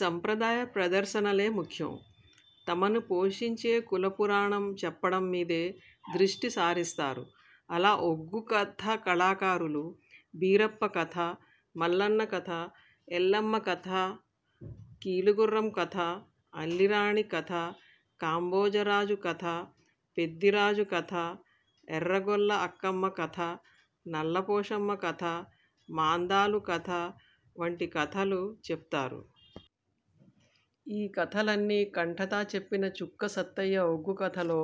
సంప్రదాయ ప్రదర్శనలే ముఖ్యం. తమను పోషించే కులపురాణం చెప్పడం మీదే దృష్టి సారిస్తారు. అలా ఒగ్గు కథ కళాకారులు బీరప్ప కథ, మల్లన్న కథ, ఎల్లమ్మ కథ, కీలుగుర్రం కథ, అల్లిరాణి కథ, కాంబోజరాజు కథ, పెద్దిరాజు కథ, ఎర్రగొల్ల అక్కమ్మ కథ, నల్లపోషమ్మ కథ, మాందాలు కథ వంటి కథలు చెప్తారు. ఈ కథలన్ని కంఠతా చెప్పిన చుక్క సత్తయ్య ఒగ్గుకథలో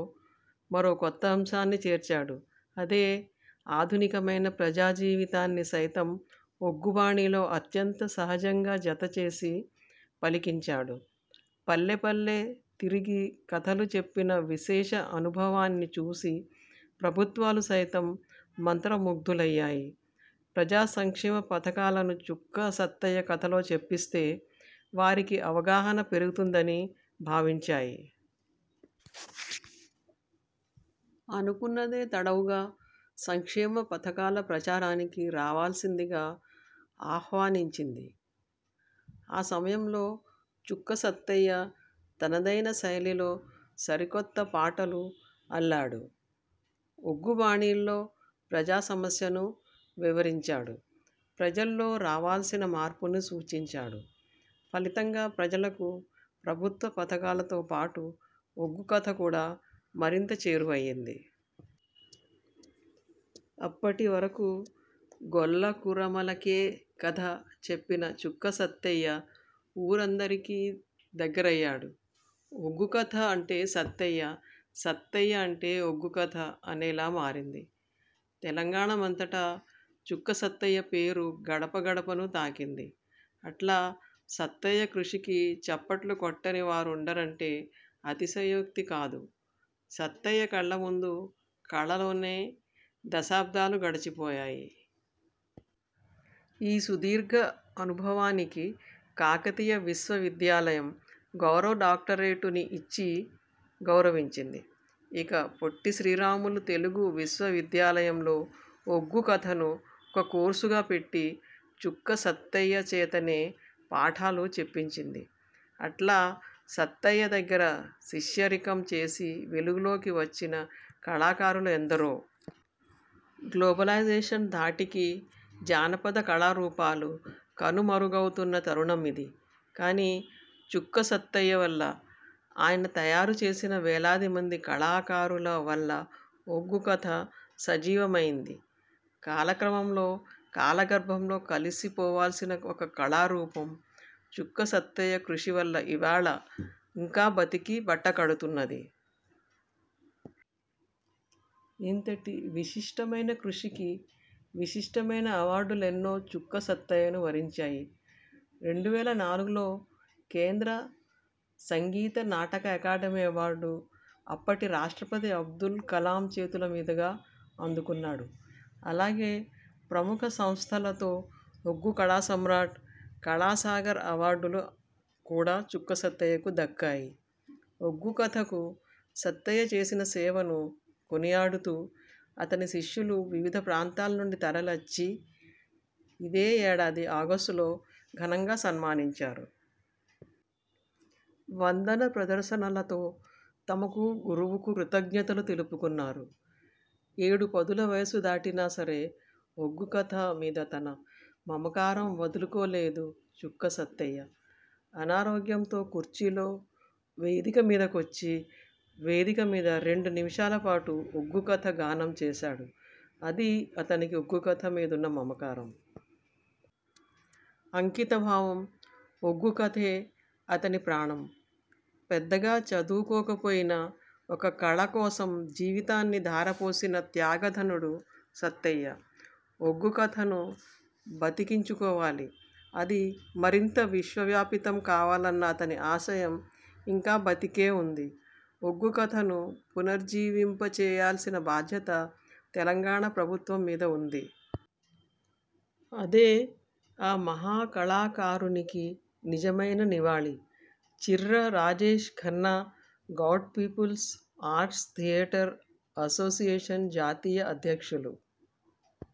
మరోకొత్త అంశాన్ని చేర్చాడు. అదే ఆధునికమైన ప్రజాజీవితాన్ని సైతం ఒగ్గు బాణీలో అత్యంత సహజంగా జతచేసి పలికించాడు. పల్లెపల్లె తిరిగి కథలు చెప్పిన విశేష అనుభవాన్ని చూసి, ప్రభుత్వాలు సైతం మంత్రముగ్ధులయ్యాయి. ప్రజాసంక్షేమ పథకాలను చుక్క సత్తయ్య కథలో చెప్పిస్తే, వారికి అవగాహన పెరుగుతుందని భావించాయి. అనుకున్నదే తడవుగా సంక్షేమ పథకాల ప్రచారానికి రావాల్సిందిగా ఆహ్వానించింది. ఆ సమయంలో చుక్క సత్తయ్య తనదైన శైలిలో సరికొత్త పాటలు అల్లాడు. ఒగ్గు బాణీల్లో ప్రజా సమస్యను వివరించాడు. ప్రజల్లో రావాల్సిన మార్పును సూచించాడు. ఫలితంగా ప్రజలకు ప్రభుత్వ పథకాలతో పాటు ఒగ్గుకథ కూడా మరింత చేరువయ్యింది. అప్పటి వరకు గొల్లకురమలకే కథ చెప్పిన చుక్క సత్తయ్య ఊరందరికీ దగ్గరయ్యాడు. ఒగ్గు కథ అంటే సత్తయ్య, సత్తయ్య అంటే ఒగ్గుకథ అనేలా మారింది. తెలంగాణమంతటా చుక్కసత్తయ్య పేరు గడప గడపను తాకింది. అట్లా సత్తయ్య కృషికి చప్పట్లుకొట్టని వారుండరంటే అతిశయోక్తి కాదు. సత్తయ్య కళ్లముందు కళలోనే దశాబ్దాలు గడిచిపోయాయి. ఈ సుదీర్ఘ అనుభవానికి కాకతీయ విశ్వవిద్యాలయం గౌరవ డాక్టరేటుని ఇచ్చి గౌరవించింది. ఇక పొట్టి శ్రీరాములు తెలుగు విశ్వవిద్యాలయంలో ఒగ్గు కథను ఒక కోర్సుగా పెట్టి, చుక్క సత్తయ్య చేతనే పాఠాలు చెప్పించింది. అట్లా సత్తయ్య దగ్గర శిష్యరికం చేసి వెలుగులోకి వచ్చిన కళాకారులు ఎందరో. గ్లోబలైజేషన్ ధాటికి జానపద కళారూపాలు కనుమరుగవుతున్న తరుణం ఇది. కానీ, చుక్క సత్తయ్య వల్ల, ఆయన తయారు చేసిన వేలాదిమంది కళాకారుల వల్ల ఒగ్గు కథ సజీవమైంది. కాలక్రమంలో కాలగర్భంలో కలిసిపోవాల్సిన ఒక కళారూపం, చుక్క సత్తయ్య కృషి వల్ల ఇవాళ ఇంకా బతికి బట్టకడుతున్నది. ఇంతటి విశిష్టమైన కృషికి విశిష్టమైన అవార్డులెన్నో చుక్కసత్తయ్యను వరించాయి. రెండు వేల నాలుగులో కేంద్ర సంగీత నాటకఅకాడెమి అవార్డు, అప్పటి రాష్ట్రపతి అబ్దుల్ కలాం చేతులమీదుగా అందుకున్నాడు. అలాగే ప్రముఖ సంస్థలతో ఒగ్గు కళా సమ్రాట్, కళాసాగర్ అవార్డులు కూడా చుక్కసత్తయ్యకు దక్కాయి. ఒగ్గుకథకు సత్తయ్య చేసిన సేవను కొనియాడుతూ, అతని శిష్యులు వివిధ ప్రాంతాల నుండి తరలచ్చి ఇదే యేడాది ఆగష్టులో ఘనంగా సన్మానించారు. వందన ప్రదర్శనలతో తమకు గురువుకు కృతజ్ఞతలు తెలుపుకున్నారు. ఏడుపదుల వయసు దాటినా సరే ఒగ్గు కథ మీద తన మమకారం వదులుకోలేదు చుక్క సత్తయ్య. అనారోగ్యంతో కుర్చీలో వేదిక మీదికొచ్చి వేదిక మీద రెండు నిమిషాల పాటు ఒగ్గుకథ గానం చేశాడు. అదీ అతనికి ఒగ్గు కథ మీదున్న మమకారం. అంకితభావం. ఒగ్గుకథే అతని ప్రాణం. పెద్దగా చదువుకోకపోయినా ఒక కళ కోసం జీవితాన్ని ధారపోసిన త్యాగధనుడు సత్తయ్య. ఒగ్గుకథను బతికించుకోవాలి. అది మరింత విశ్వవ్యాపితం కావాలన్న అతని ఆశయం ఇంకా బతికే ఉంది. ఒగ్గు కథను పునర్జీవింప చేయాల్సిన బాధ్యత తెలంగాణ ప్రభుత్వం మీద ఉంది. అదే ఆ మహా కళాకారునికి నిజమైన నివాళి. Chirra Rajesh Khanna Goud peoples arts theatre association జాతీయ అధ్యక్షులు।